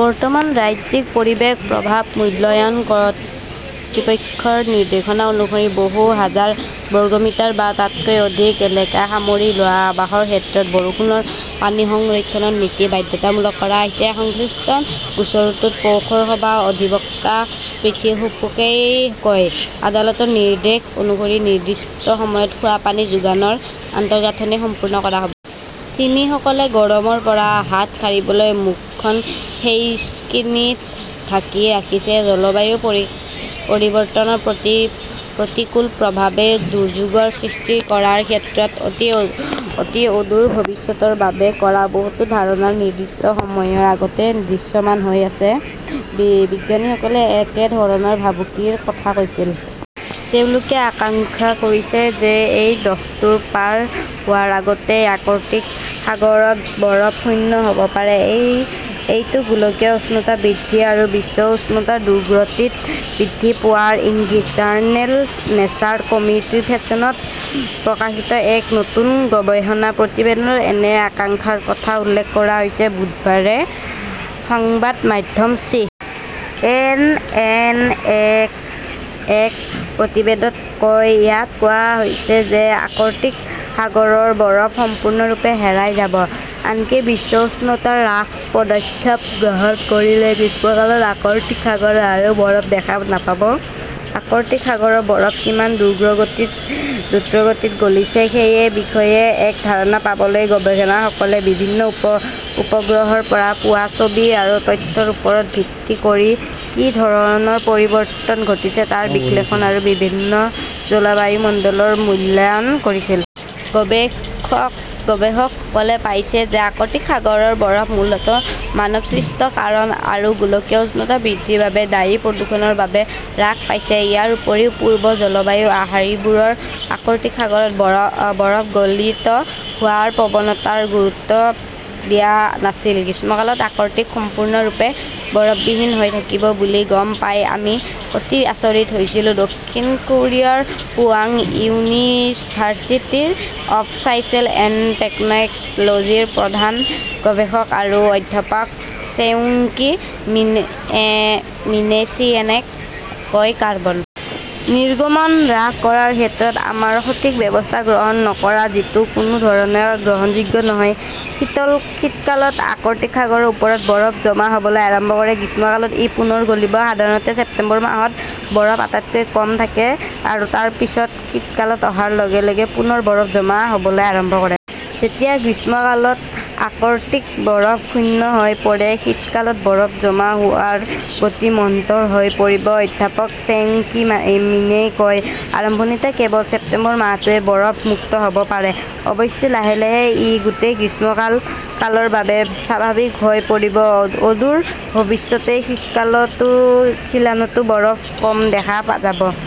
বৰ্তমান, ৰাজ্যিক পৰিৱেশ প্ৰভাৱ মূল্যায়ন কৰ্তৃপক্ষ "ৰ নিৰ্দেশনা অনুসৰি বহু হাজাৰ বৰ্গ মিটাৰ বা তাতকৈ অধিক এলেকা সামৰি লোৱা আৱাসৰ ক্ষেত্ৰত বৰষুণৰ পানী সংৰক্ষণ নীতি বাধ্যতামূলক কৰা হৈছে। সংশ্লিষ্ট গোচৰটোত পৌৰসভাৰ অধিবক্তা পৃথ্বীশ বসুৱে কয়, "আদালতৰ নিৰ্দেশ অনুসৰি নিৰ্দিষ্ট সময়ত খোৱা পানী যোগানৰ আন্তঃগাঁথনি সম্পূৰ্ণ কৰা হ'ব। "চীনীসকলে গৰমৰ পৰা হাত সাৰিবলৈ মুখখন 'ফেইচকিনি'ত ঢাকি ৰাখিছে জলবায়ু পৰিৱৰ্তনৰ প্ৰতিকূল প্ৰভাৱে দুৰ্যোগৰ সৃষ্টি কৰাৰ ক্ষেত্ৰত অতি অদূৰ ভৱিষ্যতৰ বাবে কৰা বহুতো ধাৰণা নিৰ্দিষ্ট সময়ৰ আগতে দৃশ্যমান হৈ আছে। বিজ্ঞানীসকলে একেধৰণৰ ভাবুকিৰ কথা কৈছিল। তেওঁলোকে আশংকা কৰিছে যে এই দশকটো পাৰ হোৱাৰ আগতেই আৰ্কটিক সাগৰত বৰফ শূন্য হ'ব পাৰে। এইটো গোলকীয় উষ্ণতা বৃদ্ধি আৰু বিশ্বৰ উষ্ণতা দ্ৰুতগতিত বৃদ্ধি পোৱাৰ ইংগিত। জাৰ্নেল নেচাৰ কমিউনিকেশ্বনত প্ৰকাশিত এক নতুন গৱেষণা প্ৰতিবেদনত এনে আশংকাৰ কথা উল্লেখ কৰা হৈছে ", বুধবাৰে সংবাদ মাধ্যম চি. এন. এন. -এ এক প্ৰতিবেদনত কয়। ইয়াত কোৱা হৈছে যে আৰ্কটিক সাগৰৰ বৰফ সম্পূৰ্ণৰূপে হেৰাই যাব। আনকি বিশ্ব উষ্ণতা হ্ৰাসৰ পদক্ষেপ গ্ৰহণ কৰিলেও গ্ৰীষ্মকালত আৰ্কটিক সাগৰত আৰু বৰফ দেখা নাপাব। আৰ্কটিক সাগৰৰ বৰফ কিমান দ্ৰুতগতিত গলিছে সেই বিষয়ে এক ধাৰণা পাবলৈ, গৱেষকসকলে বিভিন্ন উপগ্ৰহৰ পৰা পোৱা ছবি আৰু তথ্যৰ ওপৰত ভিত্তি কৰি কি ধৰণৰ পৰিৱৰ্তন ঘটিছে তাৰ বিশ্লেষণ আৰু বিভিন্ন জলবায়ু মডেলৰ মূল্যায়ন কৰিছিল। গৱেষকসকলে পাইছে যে আৰ্কটিক সাগৰৰ বৰফ মূলতঃ মানৱসৃষ্ট কাৰণ আৰু গোলকীয় উষ্ণতা বৃদ্ধিৰ বাবে দায়ী প্ৰদূষণৰ বাবে হ্ৰাস পাইছে। ইয়াৰ উপৰিও, পূৰ্বৰ জলবায়ু আৰ্হিবোৰে আৰ্কটিক সাগৰত বৰফ গলিত হোৱাৰ প্ৰৱণতাৰ ওপৰত গুৰুত্ব দিয়া নাছিল। "গ্ৰীষ্মকালত আৰ্কটিক সম্পূৰ্ণৰূপে বৰফবিহীন হৈ থাকিব বুলি গম পাই আমি অতি আচৰিত হৈছিলো", দক্ষিণ কোৰিয়াৰ Pohang university of science and টেকন "লজিৰ প্ৰধান গৱেষক আৰু অধ্যাপক ছেউং-কি মিনে চিএনএনক কয়। কাৰ্বন নিৰ্গমন হ্ৰাস কৰাৰ ক্ষেত্ৰত আমাৰ সঠিক ব্যৱস্থা গ্ৰহণ নকৰা, যিটো কোনো ধৰণে গ্ৰহণযোগ্য নহয়। "শীতকালত আৰ্কটিক সাগৰৰ ওপৰত বৰফ জমা হ'বলৈ আৰম্ভ কৰে। গ্ৰীষ্মকালত ই পুনৰ গলিব। সাধাৰণতে, ছেপ্টেম্বৰ মাহত বৰফ আটাইতকৈ কম থাকে আৰু তাৰ পিছত শীতকাল অহাৰ লগে লগে পুনৰ বৰফ জমা হ'বলৈ আৰম্ভ কৰে। "যেতিয়া গ্ৰীষ্মকালত আৰ্কটিক বৰফ শূন্য হৈ পৰে, শীতকালত বৰফ জমা হোৱাৰ গতি মন্থৰ হৈ পৰিব", অধ্যাপক ছেউং-কি মিনে কয়। আৰম্ভণিতে কেৱল ছেপ্টেম্বৰ মাহটোহে বৰফ-মুক্ত হ'ব পাৰে। অৱশ্যে, লাহে লাহে ই গোটেই গ্ৰীষ্মকালৰ বাবে স্বাভাৱিক হৈ পৰিব। অদূৰ ভৱিষ্যতে শীতকালতও খিলানটোত বৰফ কম দেখা যাব।